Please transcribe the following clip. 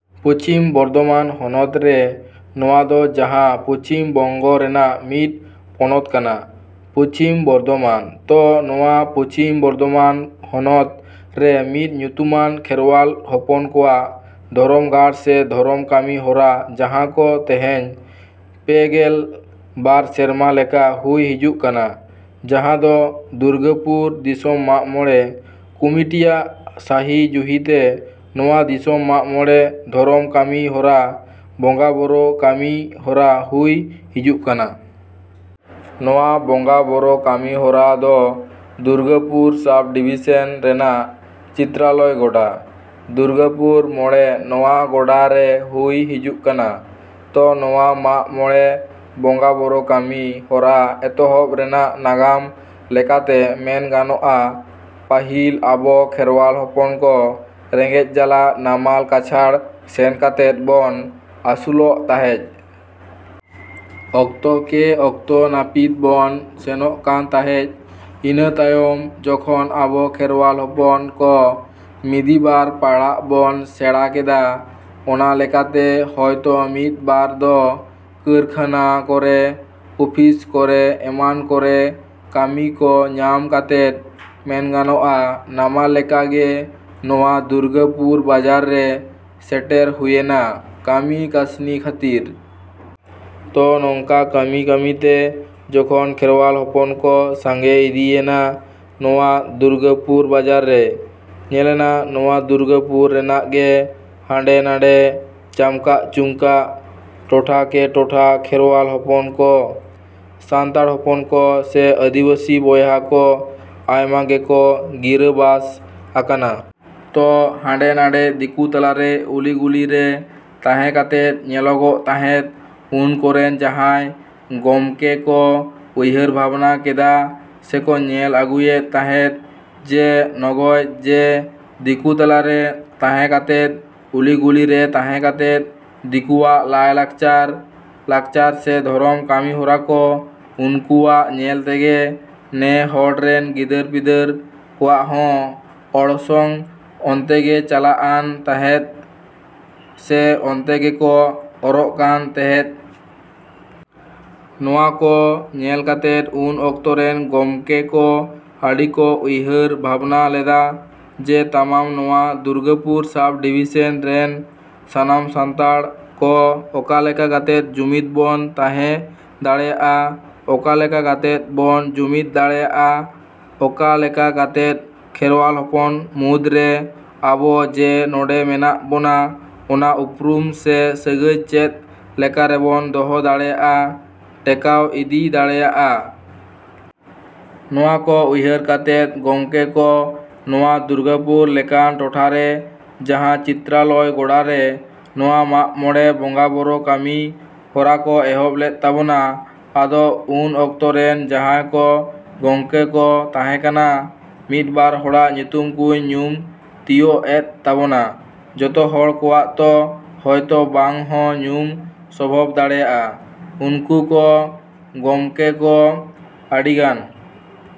ᱯᱚᱪᱷᱤᱢ ᱵᱚᱨᱫᱷᱚᱢᱟᱱ ᱦᱚᱱᱚᱛ ᱨᱮ, ᱱᱚᱣᱟ ᱫᱚ ᱡᱟᱦᱟᱸ ᱯᱚᱪᱷᱤᱢ ᱵᱚᱝᱜᱚ ᱨᱮᱱᱟᱜ ᱢᱤᱫ ᱯᱚᱱᱚᱛ ᱠᱟᱱᱟ ᱯᱚᱪᱷᱤᱢ ᱵᱚᱨᱫᱷᱚᱢᱟᱱ, ᱛᱚ ᱱᱚᱣᱟ ᱯᱚᱪᱷᱤᱢ ᱵᱚᱨᱫᱷᱚᱢᱟᱱ ᱦᱚᱱᱚᱛ ᱨᱮ ᱢᱤᱫ ᱧᱩᱛᱩᱢᱟᱱ ᱠᱷᱮᱨᱣᱟᱞ ᱦᱚᱯᱚᱱ ᱠᱚᱣᱟᱜ ᱫᱷᱚᱨᱚᱢ ᱜᱟᱲ ᱥᱮ ᱫᱷᱚᱨᱚᱢ ᱠᱟᱹᱢᱤ ᱦᱚᱨᱟ ᱡᱟᱦᱟᱸ ᱫᱚ ᱛᱮᱦᱮᱧ ᱯᱮᱜᱮᱞ ᱵᱟᱨ ᱥᱮᱨᱢᱟ ᱞᱮᱠᱟ ᱦᱩᱭ ᱦᱤᱡᱩᱜ ᱠᱟᱱᱟ, ᱡᱟᱦᱟᱸ ᱫᱚ ᱫᱩᱨᱜᱟᱹᱯᱩᱨ ᱫᱤᱥᱚᱢ ᱢᱟᱜ ᱢᱚᱬᱮ ᱠᱚᱢᱤᱴᱤᱭᱟᱜ ᱥᱟᱹᱦᱤ ᱡᱩᱦᱤᱛᱮ ᱱᱚᱣᱟ ᱫᱤᱥᱚᱢ ᱢᱟᱜ ᱢᱚᱬᱮ ᱫᱷᱚᱨᱚᱢ ᱠᱟᱹᱢᱤ ᱦᱚᱨᱟ, ᱵᱚᱸᱜᱟ ᱵᱳᱨᱳ ᱠᱟᱹᱢᱤ ᱦᱚᱨᱟ ᱦᱩᱭ ᱦᱤᱡᱩᱜ ᱠᱟᱱᱟ᱾ ᱱᱚᱣᱟ ᱵᱚᱸᱜᱟ ᱵᱳᱨᱳ ᱠᱟᱹᱢᱤ ᱦᱚᱨᱟ ᱫᱚ ᱫᱩᱨᱜᱟᱹᱯᱩᱨ ᱥᱟᱵ ᱰᱤᱵᱷᱤᱥᱮᱱ ᱨᱮᱱᱟᱜ ᱪᱤᱛᱨᱟᱞᱚᱭ ᱜᱚᱰᱟ, ᱫᱩᱨᱜᱟᱹᱯᱩᱨ ᱢᱚᱬᱮ ᱱᱚᱣᱟ ᱜᱚᱰᱟ ᱨᱮ ᱦᱩᱭ ᱦᱤᱡᱩᱜ ᱠᱟᱱᱟ᱾ ᱛᱚ ᱱᱚᱣᱟ ᱢᱟᱜ ᱢᱚᱬᱮ ᱵᱚᱸᱜᱟ ᱵᱳᱨᱳ ᱠᱟᱹᱢᱤ ᱦᱚᱨᱟ ᱮᱛᱚᱦᱚᱵ ᱨᱮᱱᱟᱜ ᱱᱟᱜᱟᱢ ᱞᱮᱠᱟ ᱛᱮ ᱢᱮᱱᱜᱟᱱᱚᱜᱼᱟ, ᱯᱟᱹᱦᱤᱞ ᱟᱵᱚ ᱠᱷᱮᱨᱣᱟᱞ ᱦᱚᱯᱚᱱ ᱠᱚ ᱨᱮᱸᱜᱮᱡ ᱡᱟᱞᱟ ᱱᱟᱢᱟᱞ ᱠᱟᱪᱷᱟᱲ ᱥᱮᱱ ᱠᱟᱛᱮᱫ ᱵᱚᱱ ᱟᱹᱥᱩᱞᱚᱜ ᱛᱟᱦᱮᱡ᱾ ᱚᱠᱛᱚ ᱠᱮ ᱚᱠᱛᱚ ᱱᱟᱹᱯᱤᱛ ᱵᱚᱱ ᱥᱮᱱᱚᱜ ᱠᱟᱱ ᱛᱟᱦᱮᱡ᱾ ᱤᱱᱟᱹ ᱛᱟᱭᱚᱢ ᱡᱚᱠᱷᱚᱱ ᱟᱵᱚ ᱠᱷᱮᱨᱣᱟᱞ ᱦᱚᱯᱚᱱ ᱠᱚ ᱢᱤᱫᱤ ᱵᱟᱨ ᱯᱟᱲᱦᱟᱜ ᱵᱚᱱ ᱥᱮᱬᱟ ᱠᱮᱫᱟ, ᱚᱱᱟ ᱞᱮᱠᱟᱛᱮ ᱦᱳᱭᱛᱳ ᱢᱤᱫ ᱵᱟᱨ ᱫᱚ ᱠᱟᱹᱨᱠᱷᱟᱱᱟ ᱠᱚᱨᱮ, ᱚᱯᱷᱤᱥ ᱠᱚᱨᱮ ᱮᱢᱟᱱ ᱠᱚᱨᱮ ᱠᱟᱹᱢᱤ ᱠᱚ ᱧᱟᱢ ᱠᱟᱛᱮᱫ ᱢᱮᱱᱜᱟᱱᱚᱜᱼᱟ ᱱᱟᱢᱟᱞ ᱞᱮᱠᱟ ᱜᱮ ᱱᱚᱣᱟ ᱫᱩᱨᱜᱟᱹᱯᱩᱨ ᱵᱟᱡᱟᱨ ᱨᱮ ᱥᱮᱴᱮᱨ ᱦᱩᱭᱮᱱᱟ ᱠᱟᱹᱢᱤ ᱠᱟᱹᱥᱱᱤ ᱠᱷᱟᱹᱛᱤᱨ᱾ ᱛᱚ ᱱᱚᱝᱠᱟ ᱠᱟᱹᱢᱤᱼᱠᱟᱹᱢᱤ ᱛᱮ ᱡᱚᱠᱷᱚᱱ ᱠᱷᱮᱨᱣᱟᱞ ᱦᱚᱯᱚᱱ ᱠᱚ ᱥᱟᱸᱜᱮ ᱤᱫᱤᱭᱮᱱᱟ ᱱᱚᱣᱟ ᱫᱩᱨᱜᱟᱹᱯᱩᱨ ᱵᱟᱡᱟᱨ ᱨᱮ, ᱧᱮᱞᱮᱱᱟ ᱱᱚᱣᱟ ᱫᱩᱨᱜᱟᱹᱯᱩᱨ ᱨᱮᱱᱟᱜ ᱜᱮ ᱦᱟᱸᱰᱮ ᱱᱟᱸᱰᱮ ᱪᱟᱢᱠᱟᱜᱼᱪᱩᱢᱠᱟᱹᱜ ᱴᱚᱴᱷᱟ ᱠᱮ ᱴᱚᱴᱷᱟ ᱠᱷᱮᱨᱣᱟᱞ ᱦᱚᱯᱚᱱ ᱠᱚ, ᱥᱟᱱᱛᱟᱲ ᱦᱚᱯᱚᱱ ᱠᱚ ᱥᱮ ᱟᱹᱫᱤᱵᱟᱹᱥᱤ ᱵᱚᱭᱦᱟ ᱠᱚ ᱟᱭᱢᱟ ᱜᱮᱠᱚ ᱜᱤᱨᱟᱹᱵᱟᱥ ᱟᱠᱟᱱᱟ᱾ ᱛᱚ ᱦᱟᱸᱰᱮ ᱱᱟᱸᱰᱮ ᱫᱤᱠᱩ ᱛᱟᱞᱟ ᱨᱮ ᱩᱞᱤ ᱜᱩᱞᱤ ᱨᱮ ᱛᱟᱦᱮᱸ ᱠᱟᱛᱮᱫ ᱧᱮᱞᱚᱜᱚᱜ ᱛᱟᱦᱮᱫ ᱩᱱᱠᱚᱨᱮᱱ ᱡᱟᱦᱟᱭ ᱜᱚᱢᱠᱮ ᱠᱚ ᱩᱭᱦᱟᱹᱨ ᱵᱷᱟᱵᱱᱟ ᱠᱮᱫᱟ ᱥᱮᱠᱚ ᱧᱮᱞ ᱟᱹᱜᱩᱭᱮᱫ ᱛᱟᱦᱮᱫ ᱡᱮ ᱱᱚᱜᱚᱭ ᱡᱮ ᱫᱤᱠᱩ ᱛᱟᱞᱟ ᱨᱮ ᱛᱟᱦᱮᱸ ᱠᱟᱛᱮᱫ, ᱩᱞᱤ ᱜᱩᱞᱤ ᱨᱮ ᱛᱟᱦᱮᱸ ᱠᱟᱛᱮᱫ ᱫᱤᱠᱩᱣᱟᱜ ᱞᱟᱭ ᱞᱟᱠᱪᱟᱨ, ᱠᱟᱞᱪᱟᱨ ᱥᱮ ᱫᱷᱚᱨᱚᱢ ᱠᱟᱹᱢᱤ ᱦᱚᱨᱟ ᱠᱚ ᱩᱱᱠᱩᱣᱟᱜ ᱧᱮᱞ ᱛᱮᱜᱮ ᱱᱮ ᱦᱚᱲ ᱨᱮᱱ ᱜᱤᱫᱟᱹᱨ ᱯᱤᱫᱟᱹᱨ ᱠᱚᱣᱟᱜ ᱦᱚᱸ ᱚᱲᱥᱚᱝ ᱚᱱᱛᱮ ᱜᱮ ᱪᱟᱞᱟᱜ ᱟᱱ ᱛᱟᱦᱮᱫ ᱥᱮ ᱚᱱᱛᱮ ᱜᱮᱠᱚ ᱚᱨᱚᱜ ᱠᱟᱱ ᱛᱮᱦᱮᱫ᱾ ᱱᱚᱣᱟ ᱠᱚ ᱧᱮᱞ ᱠᱟᱛᱮᱫ ᱩᱱ ᱚᱠᱛᱚᱨᱮᱱ ᱜᱚᱢᱠᱮ ᱠᱚ ᱟᱹᱰᱤ ᱠᱚ ᱩᱭᱦᱟᱹᱨ ᱵᱷᱟᱵᱱᱟ ᱞᱮᱫᱟ ᱡᱮ ᱛᱟᱢᱟᱢ ᱱᱚᱣᱟ ᱫᱩᱨᱜᱟᱹᱯᱩᱨ ᱥᱟᱵ ᱰᱤᱵᱷᱤᱥᱮᱱ ᱨᱮᱱ ᱥᱟᱱᱟᱢ ᱥᱟᱱᱛᱟᱲ ᱠᱚ ᱚᱠᱟ ᱞᱮᱠᱟ ᱠᱟᱛᱮᱫ ᱡᱩᱢᱤᱫ ᱵᱚᱱ ᱛᱟᱦᱮᱸ ᱫᱟᱲᱮᱭᱟᱜᱼᱟ, ᱚᱠᱟ ᱞᱮᱠᱟ ᱠᱟᱛᱮᱫ ᱵᱚᱱ ᱡᱩᱢᱤᱫ ᱫᱟᱲᱮᱭᱟᱜᱼᱟ, ᱚᱠᱟ ᱞᱮᱠᱟ ᱠᱟᱛᱮᱫ ᱠᱷᱮᱨᱣᱟᱞ ᱦᱚᱯᱚᱱ ᱢᱩᱫᱽ ᱨᱮ ᱟᱵᱚ ᱡᱮ ᱱᱚᱰᱮ ᱢᱮᱱᱟᱜ ᱵᱚᱱᱟ ᱚᱱᱟ ᱩᱯᱨᱩᱢ ᱥᱮ ᱥᱟᱹᱜᱟᱹᱭ ᱪᱮᱫ ᱞᱮᱠᱟ ᱨᱮᱵᱚᱱ ᱫᱚᱦᱚ ᱫᱟᱲᱮᱭᱟᱜᱼᱟ, ᱴᱮᱠᱟᱣ ᱤᱫᱤ ᱫᱟᱲᱮᱭᱟᱜᱼᱟ᱾ ᱱᱚᱣᱟ ᱠᱚ ᱩᱭᱦᱟᱹᱨ ᱠᱟᱛᱮᱫ ᱜᱚᱢᱠᱮ ᱠᱚ ᱱᱚᱣᱟ ᱫᱩᱨᱜᱟᱹᱯᱩᱨ ᱞᱮᱠᱟᱱ ᱴᱚᱴᱷᱟ ᱨᱮ ᱡᱟᱦᱟᱸ ᱪᱤᱛᱨᱟᱞᱚᱭ ᱜᱚᱰᱟ ᱨᱮ ᱱᱚᱣᱟ ᱢᱟᱜ ᱢᱚᱬᱮ ᱵᱚᱸᱜᱟ ᱵᱳᱨᱳ ᱠᱟᱹᱢᱤ ᱦᱚᱨᱟ ᱠᱚ ᱮᱦᱚᱵ ᱞᱮᱫ ᱛᱟᱵᱚᱱᱟ᱾ ᱟᱫᱚ ᱩᱱ ᱚᱠᱛᱚ ᱨᱮᱱ ᱡᱟᱦᱟᱭ ᱠᱚ ᱜᱚᱢᱠᱮ ᱠᱚ ᱛᱟᱦᱮᱸ ᱠᱟᱱᱟ, ᱢᱤᱫ ᱵᱟᱨ ᱦᱚᱲᱟᱜ ᱧᱩᱛᱩᱢ ᱠᱩᱧ ᱧᱩᱢ ᱛᱤᱭᱳᱜ ᱮᱫ ᱛᱟᱵᱚᱱᱟ, ᱡᱚᱛᱚ ᱦᱚᱲ ᱠᱚᱣᱟᱜ ᱛᱚ ᱦᱳᱭ ᱛᱳ ᱵᱟᱝ ᱦᱚᱸ ᱧᱩᱢ ᱥᱚᱵᱷᱚᱵ ᱫᱟᱲᱮᱭᱟᱜᱼᱟ᱾ ᱩᱱᱠᱩ ᱠᱚ ᱜᱚᱢᱠᱮ ᱠᱚ ᱟᱹᱰᱤ ᱜᱟᱱ᱾